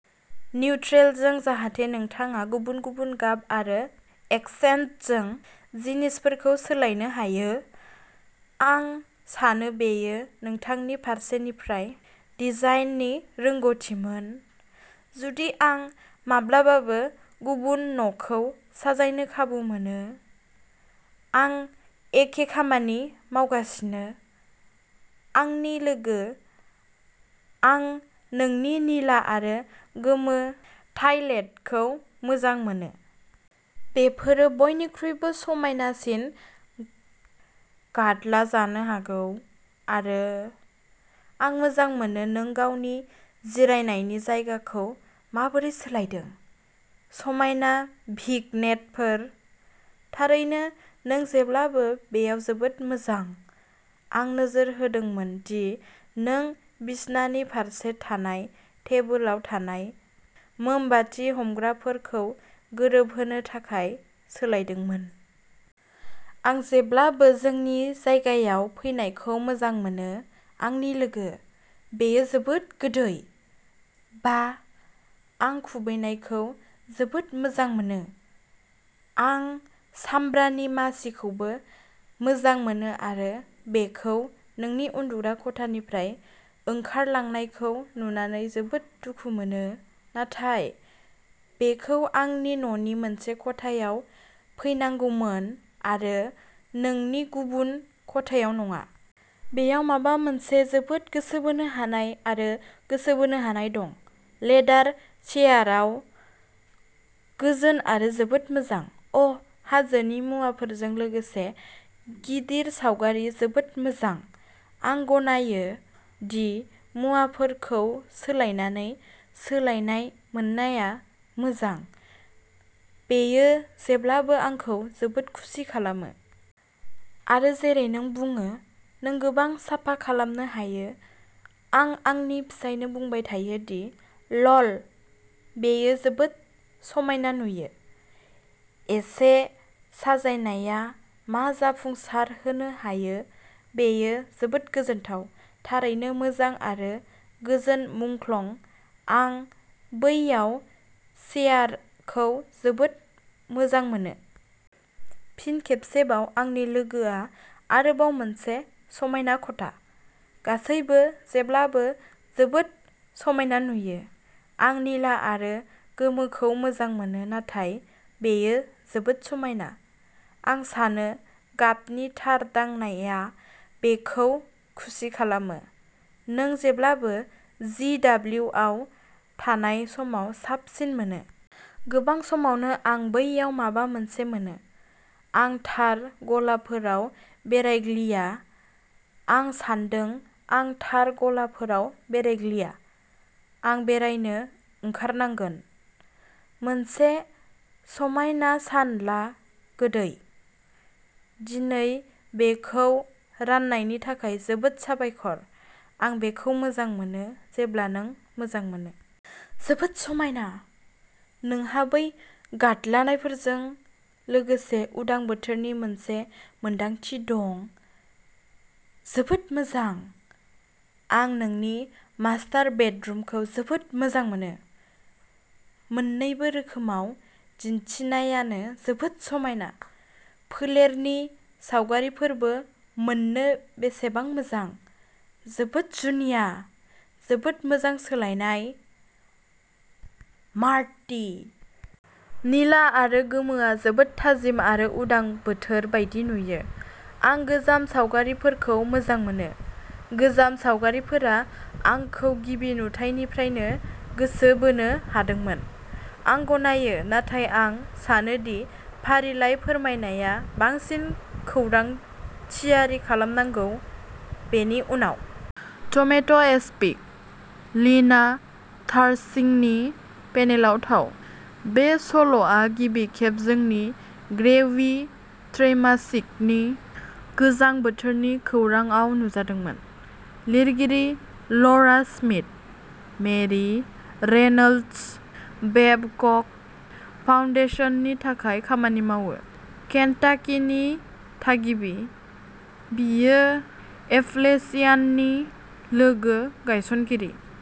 निउट्रेलजों जाहाथे नोंथाङा गुबुन-गुबुन गाब आरो एक्सेन्टजों जिनिसफोरखौ सोलायनो हायो आं सानो बेयो नोंथांनि फारसेनिफ्राय डिजाइननि रोंग'थिमोन जुदि आं माब्लाबाबो गुबुन न'खौ साजायनो खाबु मोनो आं एखे खामानि मावगासिनो आंनि लोगो, आं नोंनि निला आरो गोमो टायलेटखौ मोजां मोनो। बेफोरो बयनिख्रुइबो समायनासिन गाद्ला जानो हागौ आरो आं मोजां मोनो नों गावनि जिरायनायनि जायगाखौ माबोरै सोलायदों समायना भिग्नेटफोर थारैनो, नों जेब्लाबो बेयाव जोबोद मोजां आं नोजोर होदोंमोन दि नों बिसनानि फारसे थानाय टेबोलाव थानाय मोमबाति हमग्राफोरखौ गोरोबहोनो थाखाय सोलायदोंमोन। आं जेब्लाबो नोंनि जायगायाव फैनायखौ मोजां मोनो, आंनि लोगो बेयो जोबोद गोदै बाह, आं खुबैनायखौ जोबोद मोजां मोनो आं सामब्रानि मासिखौबो मोजां मोनो आरो बेखौ नोंनि उन्दुग्रा खथानिफ्राय ओंखारलांनायखौ नुनानै जोबोद दुखु मोनो नाथाय, बेखौ आंनि न'नि मोनसे खथायाव फैनांगौमोन, आरो नोंनि गुबुन खथायाव नङा। बेयाव माबा मोनसे जोबोद गोसो बोनो हानाय आरो गोसो बोनो हानाय दं। लेदार चेयारआव गोजोन आरो जोबोद मोजां। अ हाजोनि मुवाफोरजों लोगोसे गिदिर सावगारि जोबोद मोजां आं गनायो दि मुवाफोरखौ सोलायनानै सोलायनाय मोननाया मोजां बेयो जेब्लाबो आंखौ जोबोद खुसि खालामो। आरो जेरै नों बुङो नों गोबां साफा खालामनो हायो आं आंनि फिसायनो बुंबाय थायो दि, ल'ल बेयो जोबोद समायना नुयो। एसे साजायनाया मा जाफुंसारहोनो हायो बेयो जोबोद गोजोनथाव। थारैनो मोजां आरो गोजोन मुंख्लं, आं बैयाव चेयारखौ जोबोद मोजां मोनो। फिन खेबसेबाव आंनि लोगोआ आरोबाव मोनसे समायना खथा। गासैबो जेब्लाबो जोबोद समायना नुयो। आं निला आरो गोमोखौ मोजां मोनो, नाथाय बेयो जोबोद समायना। आं सानो गाबनि थार दांनाया बेखौ खुसि खालामो। नों जेब्लाबो जि दाब्लिउ आव थानाय समाव साबसिन मोनो। गोबां समावनो आं बैयाव माबा मोनसे मोनो। आं थार गलाफोराव बेरायग्लिया। आं सान्दों आं थार गलाफोराव बेरायग्लिया। आं बेरायनो ओंखारनांगोन। मोनसे समायना सान ला, गोदै। दिनै बेखौ राननायनि थाखाय जोबोद साबायखर। आं बेखौ मोजां मोनो, जेब्ला नों मोजां मोनो। जोबोद समायना! नोंहा बै गाद्लाफोरजों लोगोसे उदां बोथोरनि मोनसे मोनदांथि दं, जोबोद मोजां आं नोंनि मास्टार बेडरुमखौ जोबोद मोजां मोनो मोन्नैबो रोखोमाव दिन्थिनायानो जोबोद समायना। फोलेरनि सावगारिफोरबो मोन्नो बेसेबां मोजां, जोबोद जुनिया जोबोद मोजां सोलायनाय, मार्टी। निला आरो गोमोआ जोबोद थाजिम आरो उदां बोथोर बायदि नुयो। आं गोजाम सावगारिफोरखौ मोजां मोनो। गोजाम सावगारिफोरा आंखौ गिबि नुथाइनिफ्रायनो गोसो बोनो हादोंमोन। आं गनायो, नाथाय आं सानो दि फारिलाइ फोरमायनाया बांसिन खौरां थियारि खालामनांगौ, बेनि उनाव। टमेट'एस्पिक लिना थार्सिंनि पेनेलाव थाव। बे सल'आ गिबि खेब जोंनि ग्रेवी त्रैमासिकनि गोजां बोथोरनि खौरांआव नुजादोंमोन। लिरगिरि, ल'रा स्मिथ, मेरी रेनोल्ड्स बेबक'क फाउन्डेशननि थाखाय खामानि मावो। केन्टाकीनि थागिबि, बियो एपलेचियाननि लोगो-गायसनगिरि।